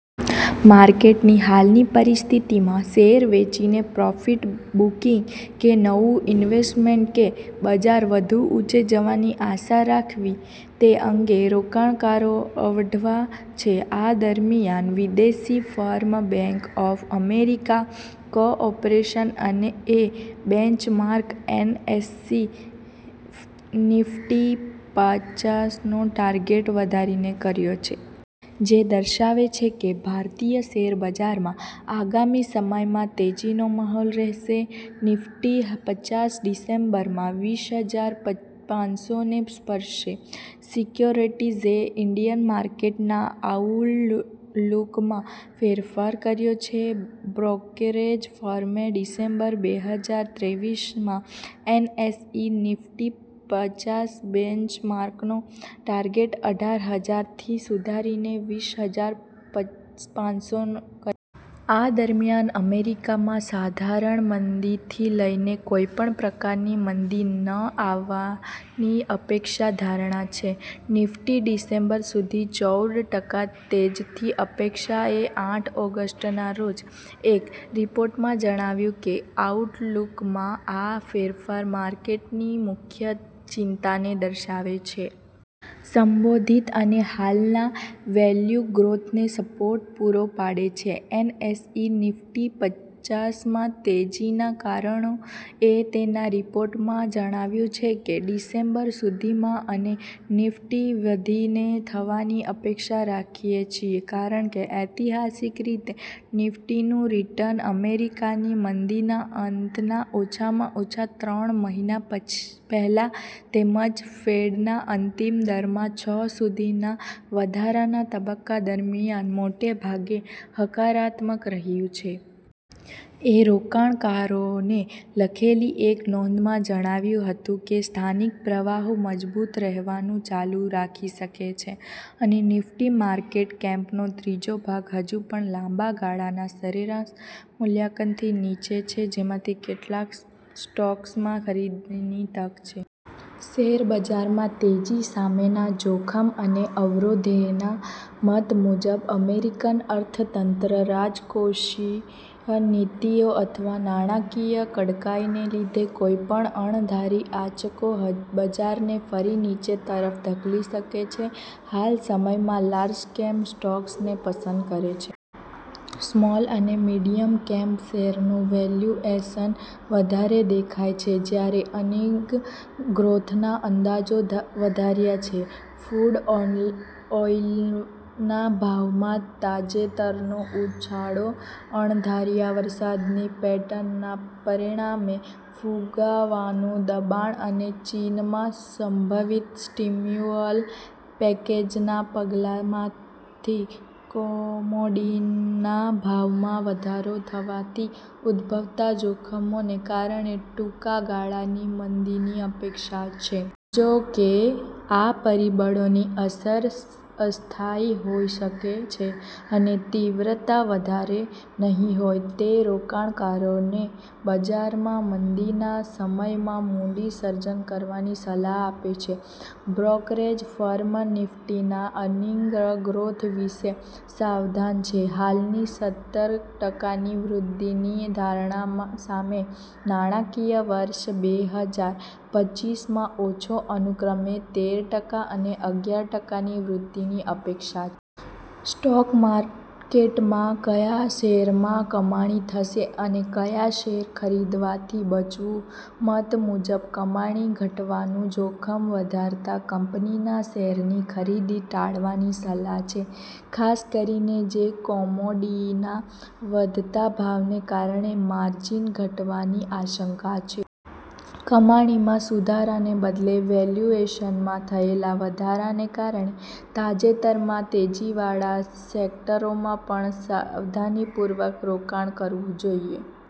માર્કેટની હાલની પરિસ્થિતિમાં શેર વેચીને પ્રોફિટ બુકિંગ કે નવું ઇન્વેસ્ટમેન્ટ કે બજાર વધુ ઉંચે જવાની આશા રાખવી તે અંગે રોકાણકારો અવઢવા છે. આ દરમિયાન વિદેશી firm bank of America cooperation અને એ બેન્ચમાર્ક એનએસઇ નિફ્ટી પચાસનો ટાર્ગેટ વધારીને કર્યો છે. જે દર્શાવે છે કે, ભારતીય શેરબજારમાં આગામી સમયમાં તેજીનો માહોલ રહેશે. નિફ્ટીહ પચાસ ડિસેમ્બરમાં વીશહજાર પચ પાંચસોને સ્પર્શશે. સિક્યોરિટીઝે ઇન્ડિયન માર્કેટના આઉલ્ડલૂકમાં ફેરફાર કર્યો છે. બ્રોકરેજ ફર્મે ડિસેમ્બર બેહજાર ત્રેવીસમાં એનએસઇ નિફ્ટી પચાસ બેન્ચમાર્કનો ટાર્ગેટ અઢાર હજાર થી સુધારીને વીશહજાર પચ પાંન્સો નો ક આ દરમિયાન અમેરિકામાં સાધારણ મંદીથી લઇને કોઈ પણ પ્રકારની મંદી ન આવવાની અપેક્ષા ધારણા છે. નિફ્ટી ડિસેમ્બર સુધી ચૌદ ટકા તેજથી અપેક્ષા એ આઠ ઓગસ્ટના રોજ એક રિપોર્ટમાં જણાવ્યું કે, આઉટલૂકમાં આ ફેરફાર માર્કેટની મુખ્ય ચિંતાને દર્શાવે છે. સંબોધિત અને હાલના વેલ્યૂ ગ્રોથને સપોર્ટ પૂરો પાડે છે. એનએસઇ નિફ્ટી-પચાસમાં તેજીના કારણો એ તેના રિપોર્ટમાં જણાવ્યું છે કે, "ડિસેમ્બર સુધીમાં અને નિફ્ટી વધીને થવાની અપેક્ષા રાખીએ છીએ, કારણ કે, ઐતિહાસિક રીતે નિફ્ટીનું રિટર્ન અમેરિકાની મંદીના અંતના ઓછામાં ઓછા ત્રણ મહિના પછ પહેલા તેમજ ફેડના અંતિમ દરમાં છ સુધીના વધારાના તબક્કા દરમિયાન મોટે ભાગે હકારાત્મક રહ્યું છે. એ રોકાણકારોને લખેલી એક નોંધમાં જણાવ્યું હતું કે, " સ્થાનિક પ્રવાહો મજબૂત રહેવાનું ચાલુ રાખી શકે છે અને નિફ્ટી માર્કેટ કેમ્પનો ત્રીજો ભાગ હજુ પણ લાંબા ગાળાના સરેરાશ મૂલ્યાંકનથી નીચે છે જેમાંથી કેટલાક સ્ટોક્સમાં ખરીદીની તક છે. " શેરબજારમાં તેજી સામેના જોખમ અને અવરોધેના મત મુજબ, અમેરિકન અર્થતંત્ર, રાજકોષીય નીતિઓ અથવા નાણાકીય કડકાઇને લીધે કોઈપણ અણધારી આંચકોહ બજારને ફરી નીચે તરફ ધકેલી શકે છે. હાલા સમયમાં લાર્જકેપ સ્ટોક્સને પસંદ કરે છે. સ્મોલ અને મિડિયમ કેમ્પ ફેરનું વેલ્યુએશન વધારે દેખાય છે, જ્યારે અર્નિંગ ગ્રોથના અંદાજો ધ વધાર્યા છે. ક્રૂડ ઓહની ઓઇલીના ભાવમાં તાજેતરનો ઉછાળો, અણધાર્યા વરસાદની પેટર્નના પરિણામે ફુગાવાનું દબાણ અને ચીનમાં સંભવિત સ્ટિમ્યુઅલ પેકેજના પગલાંમાથી કોમોડિનના ભાવમાં વધારો થવાથી ઉદભવતા જોખમોને કારણે ટૂંકા ગાળાની મંદીની અપેક્ષા છે. જો કે, આ પરિબળોની અસર અસ્થાયી હોઈ શકે છે અને તીવ્રતા વધારે નહીં હોય, તો રોકાણકારોને બજારમાં મંદીના સમયમાં મૂડી સર્જન કરવાની સલાહ આપે છે. બ્રોકરેજ ફર્મ નિફ્ટીના અર્નિંગ ગ્રોથ વિશે સાવધાન છે, હાલની સત્તર ટકાની વૃદ્ધિની ધારણામા સામે નાણાંકીય વર્ષ બેહજાર પચ્ચીસમાં ઓછો અનુક્રમે તેર ટકા અને અગિયાર ટકાની વૃદ્ધિની અપેક્ષા સ્ટોક માર્કેટમાં ક્યા શેરમાં કમાણી થશે અને ક્યા શેર ખરીદવાથી બચવું મત મુજબ કમાણી ઘટવાનું જોખમ વધારતા કંપનીના શેરની ખરીદી ટાળવાની સલાહ છે, ખાસ કરીને જે કોમોડિના વધતા ભાવને કારણે માર્જિન ઘટવાની આશંકા છે. કમાણીમાં સુધારાને બદલે વેલ્યુએશનમાં થયેલા વધારાને કારણે તાજેતરમાં તેજીવાળા સેક્ટરોમાં પણ સાવધાનીપૂર્વક રોકાણ કરવું જોઈએ.